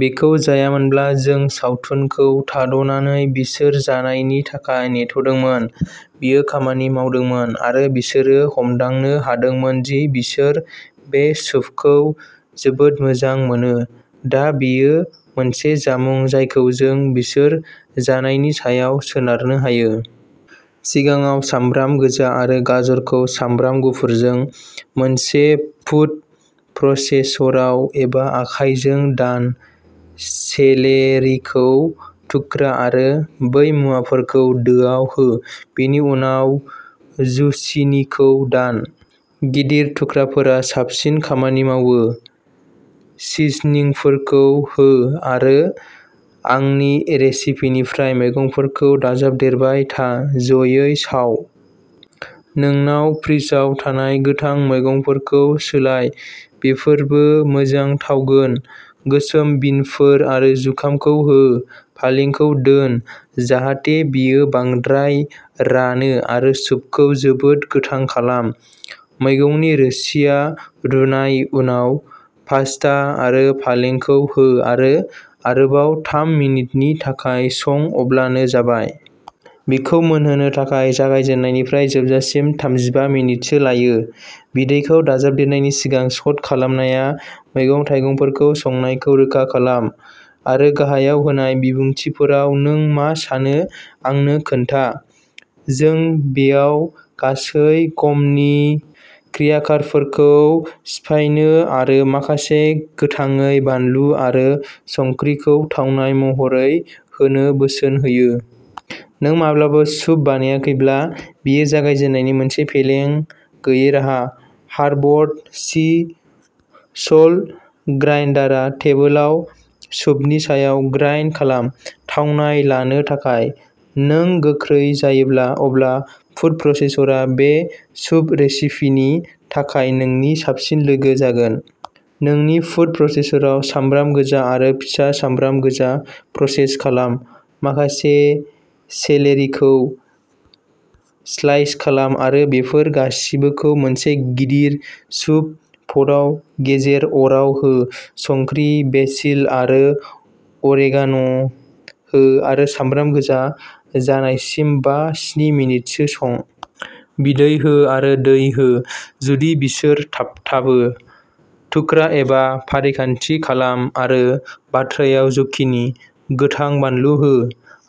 बेखौ जायामोनब्ला जों सावथुनखौ थाद'नानै बिसोर जानायनि थाखाय नेथ'दोंमोन। बेयो खामानि मावदोंमोन, आरो बिसोरो हमदांनो हादोंमोन दि बिसोर बे सुपखौ जोबोद मोजां मोनो, दा बेयो मोनसे जामुं जायखौ जों बिसोर जानायनि सायाव सोनारनो हायो। सिगाङाव सामब्राम गोजा आरो गाजरखौ सामब्राम गुफुरजों, मोनसे फुद प्रसेसराव, एबा आखायजों दान। सेलेरिखौ थुख्रा आरो बै मुवाफोरखौ दोआव हो। बेनि उनाव जुचिनीखौ दान। गिदिर थुख्राफोरा साबसिन खामानि मावो। सिजनिंफोरखौ हो, आरो आंनि रेसिपिनिफ्राय मैगंफोरखौ दाजाबदेरबाय था, ज'यै साव। नोंनाव फ्रिजआव थानाय गोथां मैगंफोरखौ सोलाय, बेफोरबो मोजां थावगोन। गोसोम बिनफोर आरो जुखामखौ हो। पालेंखौ दोन, जाहाथे बेयो बांद्राय रानो आरो सुपखौ जोबोद गोथां खालाम। मैगंनि रोसिआ रुनाय उनाव पास्ता आरो पालेंखौ हो आरो आरोबाव थाम मिनिटनि थाखाय सं अब्लानो जाबाय। बेखौ मोनहोनो थाखाय जागायजेननायनिफ्राय जोबजासिम थामजिबा मिनिटसो लायो। बिदैखौ दाजाबदेरनायनि सिगां स'ट खालामनाया मैगं-थाइगंफोरखौ संनायखौ रोखा खालाम। आरो गाहायाव होनाय बिबुंथिफोराव नों मा सानो आंनो खोन्था। जों बेयाव गासै गमनि क्र्याकारफोरखौ सिफायनो आरो माखासे गोथाङै बानलु आरो संख्रिखौ थावनाय महरै होनो बोसोन होयो। नों माब्लाबाबो सुप बानायाखैब्ला, बेयो जागायनायनि मोनसे फेलें गैयै राहा। हार्बड सी सल्ट ग्राइन्डारआ टेबोलाव सुपनि सायाव ग्राइन्ड खालाम, थावनाय लानो थाखाय। नों गोख्रै जायोब्ला, अब्ला फुद प्रसेसरआ बे सुप रेसिपिनि थाखाय नोंनि साबसिन लोगो जागोन। नोंनि फुद प्रसेसराव सामब्राम गोजा आरो फिसा सामब्राम गोजा प्रसेस खालाम। माखासे सेलेरिखौ स्लाइस खालाम आरो बेफोर गासिबोखौ मोनसे गिदिर सुप पटआव गेजेर अराव हो। संख्रि, बेसिल आरो अरेगान' हो आरो सामब्राम गोजा जानायसिम बा-स्नि मिनिटसो सं। बिदै हो आरो दै हो, जुदि बिसोर थाबथाबो। थुख्रा एबा फारिखान्थि खालाम आरो बाथ्रायाव जुकिनि, गोथां बानलु हो।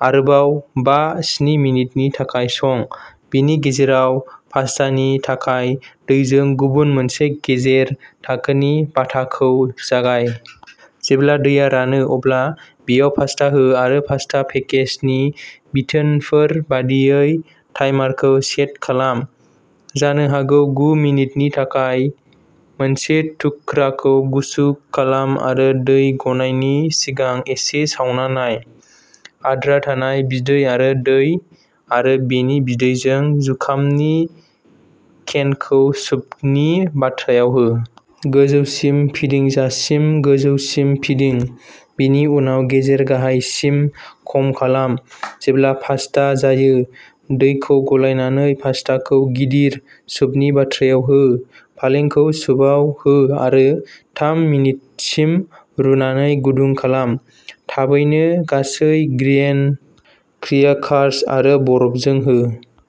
आरोबाव बा- स्नि मिनिटनि थाखाय सं। बेनि गेजेराव, पास्तानि थाखाय दैजों गुबुन मोनसे गेजेर-थाखोनि बाथाखौ जागाय। जेब्ला दैया रानो, अब्ला बेयाव पास्ता हो आरो पास्ता पेकेजनि बिथोनफोर बायदियै टाइमारखौ सेट खालाम। जानो हागौ गु मिनिटनि थाखाय। मोनसे थुख्राखौ गुसु खालाम आरो दै गनायनि सिगां एसे सावना नाय। आद्रा थानाय बिदै आरो दै आरो बेनि बिदैजों जुखामनि केनखौ सुपनि बाथ्रायाव हो। गोजौसिम फिदिंजासिम गोजौसिम फिदिं, बेनि उनाव गेजेर गाहायसिम खम खालाम। जेब्ला पास्ता जायो, दैखौ गलायनानै पास्टाखौ गिदिर सुपनि बाथ्रायाव हो। पालेंखौ सुपआव हो आरो थाम मिनिटसिम रुनानै गुदुं खालाम। थाबैनो गासै ग्रेइन क्र्याकार्स आरो बरफजों हो।